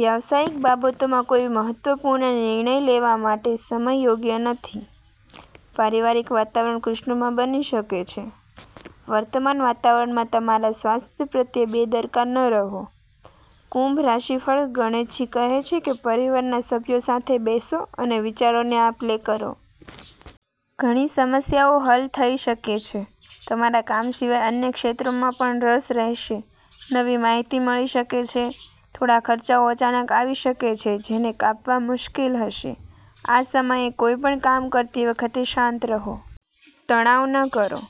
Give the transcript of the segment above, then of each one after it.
વ્યવસાયિક બાબતોમાં કોઈ મહત્વપૂર્ણ નિર્ણય લેવા માટે સમય યોગ્ય નથી. પારિવારિક વાતાવરણ ખુશનુમા બની શકે છે. વર્તમાન વાતાવરણમાં તમારા સ્વાસ્થ્ય પ્રત્યે બેદરકાર ન રહો. કુંભ રાશિફળ: ગણેશજી કહે છે કે પરિવારના સભ્યો સાથે બેસો અને વિચારોની આપ-લે કરો. ઘણી સમસ્યાઓ હલ થઈ શકે છે. તમારા કામ સિવાય અન્ય ક્ષેત્રોમાં પણ રસ રહેશે. નવી માહિતી મળી શકે છે. થોડા ખર્ચાઓ અચાનક આવી શકે છે, જેને કાપવા મુશ્કેલ હશે. આ સમયે, કોઈપણ કામ કરતી વખતે શાંત રહો. તણાવ ન કરો.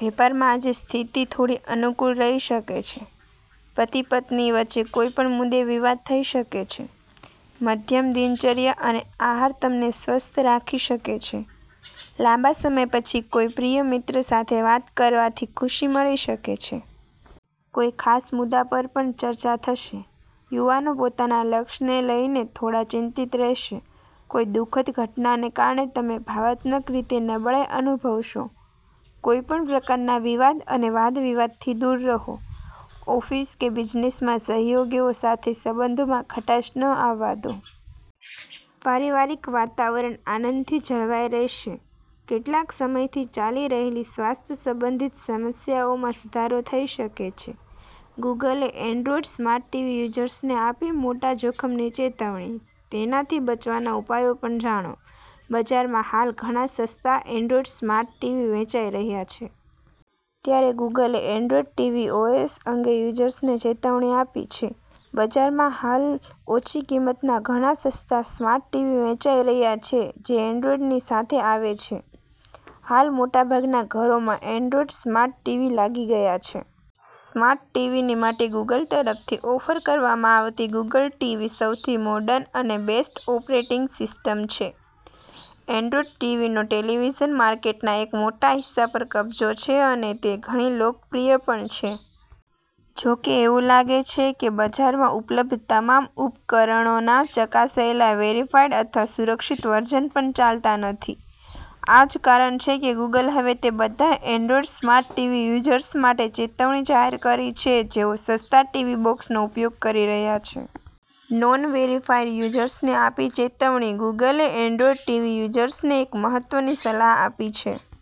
વેપારમાં આજે સ્થિતિ થોડી અનુકૂળ રહી શકે છે. પતિ-પત્ની વચ્ચે કોઈ પણ મુદ્દે વિવાદ થઈ શકે છે. મધ્યમ દિનચર્યા અને આહાર તમને સ્વસ્થ રાખી શકે છે. લાંબા સમય પછી કોઈ પ્રિય મિત્ર સાથે વાત કરવાથી ખુશી મળી શકે છે. કોઈ ખાસ મુદ્દા પર પણ ચર્ચા થશે. યુવાનો પોતાના લક્ષ્યને લઈને થોડા ચિંતિત રહેશે. કોઈ દુઃખદ ઘટનાને કારણે તમે ભાવનાત્મક રીતે નબળાઈ અનુભવશો. કોઈપણ પ્રકારના વિવાદ અને વાદ-વિવાદથી દૂર રહો. ઓફિસ કે બિઝનેસમાં સહયોગીઓ સાથે સંબંધોમાં ખટાશ ન આવવા દો. પારિવારિક વાતાવરણ આનંદથી જળવાઈ રહેશે. કેટલાક સમયથી ચાલી રહેલી સ્વાસ્થ્ય સંબંધિત સમસ્યાઓમાં સુધારો થઈ શકે છે. ગૂગલે એન્ડ્રોઇડ સ્માર્ટ ટીવી યુઝર્સને આપી મોટા જોખમની ચેતવણી, તેનાથી બચવાના ઉપાયો પણ જાણો: બજારમાં હાલ ઘણા સસ્તા એન્ડ્રોઇડ સ્માર્ટ ટીવી વેચાઇ રહ્યા છે. ત્યારે ગૂગલે એન્ડ્રોઇડ ટીવી ઓએસ અંગે યુઝર્સને ચેતવણી આપી છે. બજારમાં હાલ ઓછી કિંમતના ઘણા સસ્તા સ્માર્ટ ટીવી વેચાઇ રહ્યા છે જે એન્ડ્રોઇડની સાથે આવે છે. હાલ મોટાભાગના ઘરોમાં એન્ડ્રોઇડ સ્માર્ટ ટીવી લાગી ગયા છે. સ્માર્ટ ટીવીની માટે ગૂગલ તરફથી ઓફર કરવામાં આવતી ગુગલ ટીવી સૌથી મોર્ડન અને બેસ્ટ ઓપરેટિંગ સિસ્ટમ છે. એન્ડ્રોઇડ ટીવીનો ટેલીવીઝન માર્કેટના એક મોટા હિસ્સા પર કબજો છે અને તે ઘણી લોકપ્રિય પણ છે. જો કે એવું લાગે છે કે બજારમાં ઉપલબ્ધ તમામ ઉપકરણોના ચકાસાયેલા વેરિફાઇડ અથવા સુરક્ષિત વર્ઝન પર ચાલતા નથી. આ જ કારણ છે કે ગૂગલે હવે તે બધા એન્ડ્રોઇડ સ્માર્ટ ટીવી યુઝર્સ માટે ચેતવણી જાહેર કરી છે જેઓ સસ્તા ટીવી બોક્સનો ઉપયોગ કરી રહ્યા છે. નોન – વેરિફાઇડ યુઝર્સને આપી ચેતવણી ગૂગલે એન્ડ્રોઇડ ટીવી યુઝર્સને એક મહત્વની સલાહ આપી છે.